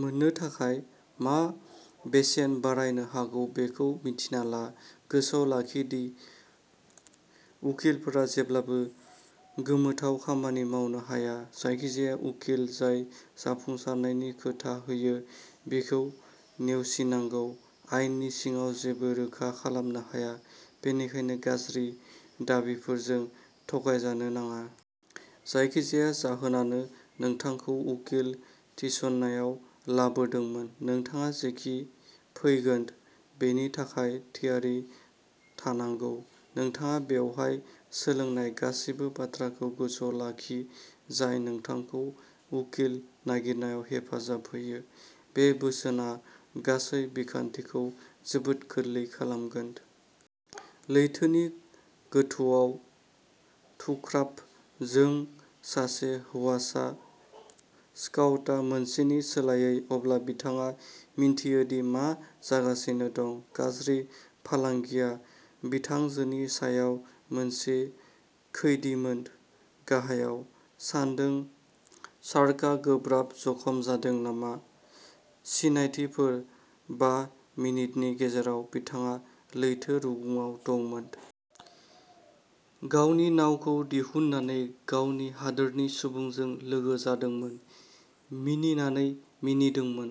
मोन्नो थाखाय। मा बेसेन बारायनो हागौ बेखौ मिन्थिना ला। गोसोआव लाखि दि उखिलफोरा जेब्लाबो गोमोथाव खामानि मावनो हाया। जायखिजाया उखिल जाय जाफुंसारनायनि खोथा होयो, बिखौ नेवसिनांगौ। आयेननि सिङाव जेबो रोखा खालामनो हाया, बेनिखायनो गाज्रि दाबिफोरजों थगायजानो नाङा। जायखिजाया जाहोनानो नोंथांखौ उखिल थिसननायाव लाबोदोंमोन, नोंथाङा जेखि फैगोन बेनि थाखाय थियारि थानांगौ। नोंथाङा बेवहाय सोलोंनाय गासैबो बाथ्राखौ गोसोआव लाखि, जाय नोंथांखौ उखिल नागिरनायाव हेफाजाब होयो। बे बोसोनआ गासै बिखान्थिखौ जोबोद गोरलै खालामगोन। लैथोनि गोथौआव "थुख्राब" जों सासे हौवासा स्काउटा। मोनसेनि सोलायै। अब्ला बिथाङा मिन्थियो दि मा जागासिनो दं। गाज्रि फालांगिया बिथांजोनि सायाव मोनसे खैदीमोन। "गाहायाव। सानदों शार्कआ गोब्राब जखम जादों नामा?" सिनायथिफोर। बा मिनिटनि गेजेराव बिथाङा लैथो रुगुंआव दंमोन। गावनि नावखौ दिहुननानै गावनि हादोरनि सुबुंजों लोगो जादोंमोन। "मिनिनानै मिनिदोंमोन।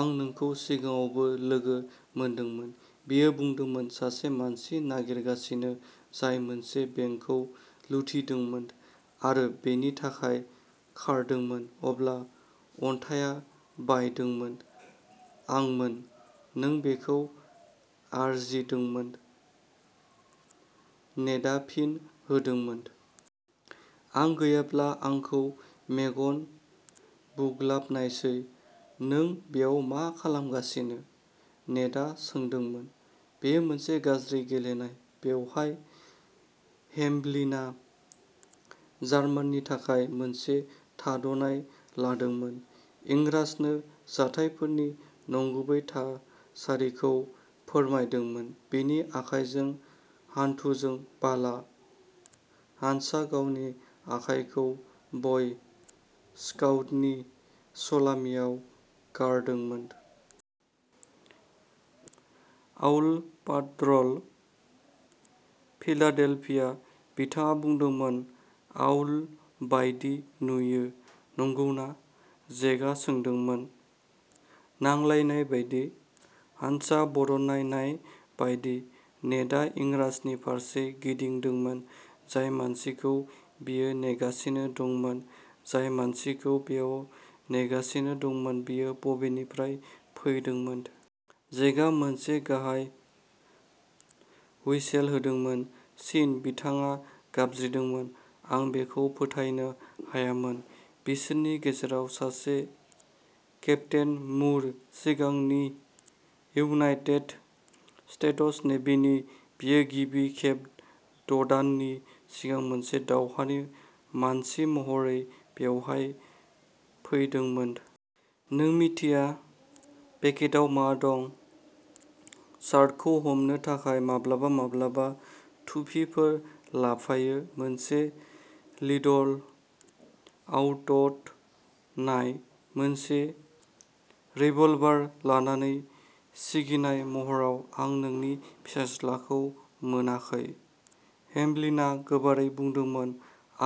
"आं नोंखौ सिगाङावबो लोगो मोनदोंमोन!" बियो बुंदोंमोन। सासे मानसि नागिरगासिनो जाय मोनसे बेंकखौ लुथिदोंमोन आरो'बेनि थाखाय खारदोंमोन'। अब्ला अन्थाइआ बायदोंमोन आंमोन। "" नों बेखौ आरजिदोंमोन ", नेडआ फिन होदोंमोन। आं गैयाब्ला आंखौ मेगन बुग्लाबनायसै।" "नों बेयाव मा खालामगासिनो?" नेडआ सोंदोंमोन। "बेयो मोनसे गाज्रि गेलेनाय, बेवहाय।" हेमब्लिना जार्माननि थाखाय मोनसे थाद'नाय लादोंमोन। इंराजनो जाथायफोरनि नंगुबै थासारिखौ फोरमायदोंमोन। बिनि आखाइजों हान्थुजों बाला। हान्सा गावनि आखायखौ बय स्काउटनि सलामीआव गारदोंमोन। "Owl पाड्र'ल, Philadelphia!" बिथाङा बुंदोंमोन। "आउल बायदि नुयो, नंगौना?" जेकआ सोंदोंमोन। नांलायनाय बायदि, हान्सा बरनायनाय बायदि। नेडआ इंराजनि फारसे गिदिंदोंमोन। जाय मानसिखौ बियो नेगासिनो दंमोन? "" जाय मानसिखौ बेयाव नेगासिनो दंमोन बियो बबेनिफ्राय फैदोंमोन? "जेकआ मोनसे गाहाय हुइसेल होदोंमोन।" चीन! "बिथाङा गाबज्रिदोंमोन।" आं बेखौ फोथायनो हायामोन। "" बिसोरनि गेजेराव सासे-- केप्टेन मुर, सिगांनि इउनाइटेड स्टेट्स नेभिनि, " "बियो गिबि खेब द'दाननि सिगां मोनसे दावहानि मानसि महरै बेयावहाय फैदोंमोन।" "नों मिथिया पेकेटआव मा दं?" "शार्कखौ हमनो थाखाय!" माब्लाबा-माब्लाबा थुफिफोर लाफायो। मोनसे लिडल आउड्ट नाय! "मोनसे रिभलभार लानानै सिगिनाय महराव।" आं नोंनि फिसाज्लाखौ मोनाखै! "हेमब्लिना गोबारै बुंदोंमोन।"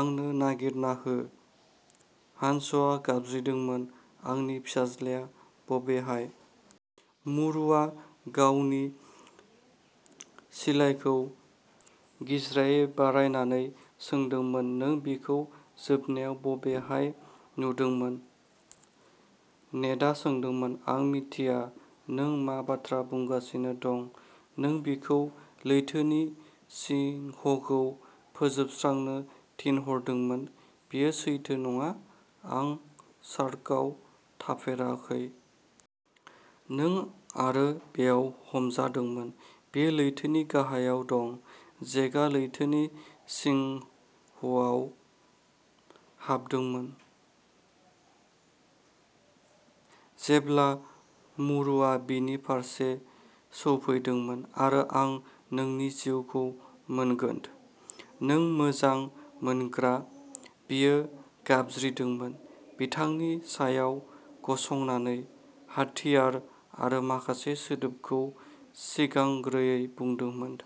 आंनो नागिरना हो! "हानसआ गाबज्रिदोंमोन।" आंनि फिसाज्लाआ बबेहाय? "मुरआ गावनि सिलाइखौ गिज्राङै बारायनानै सोंदोंमोन।" नों बिखौ जोबनायाव बबेहाय नुदोंमोन? "नेडआ सोंदोंमोन।" आं मिथिया नों मा बाथ्रा बुंगासिनो दं। "" नों बिखौ लैथोनि सिंहखौ फोजोबस्रांनो थिनहरदोंमोन। "" बेयो सैथो नङा। आं शार्कआव थाफेराखै। "नों आरो बेयाव हमजादोंमोन।" "बियो लैथोनि गाहायाव दं!" जेकआ लैथोनि सिंहआव हाबदोंमोन जेब्ला मुरआ बिनि फारसे सौफैदोंमोन। आरो आं नोंनि जिउखौ मोनगोन। "" नों मोजां मोनग्रा! "बियो गाबज्रिदोंमोन, बिथांनि सायाव गसंनानै। हाथियार आरो माखासे सोदोबखौ सिगांग्रोङै बुंदोंमोन।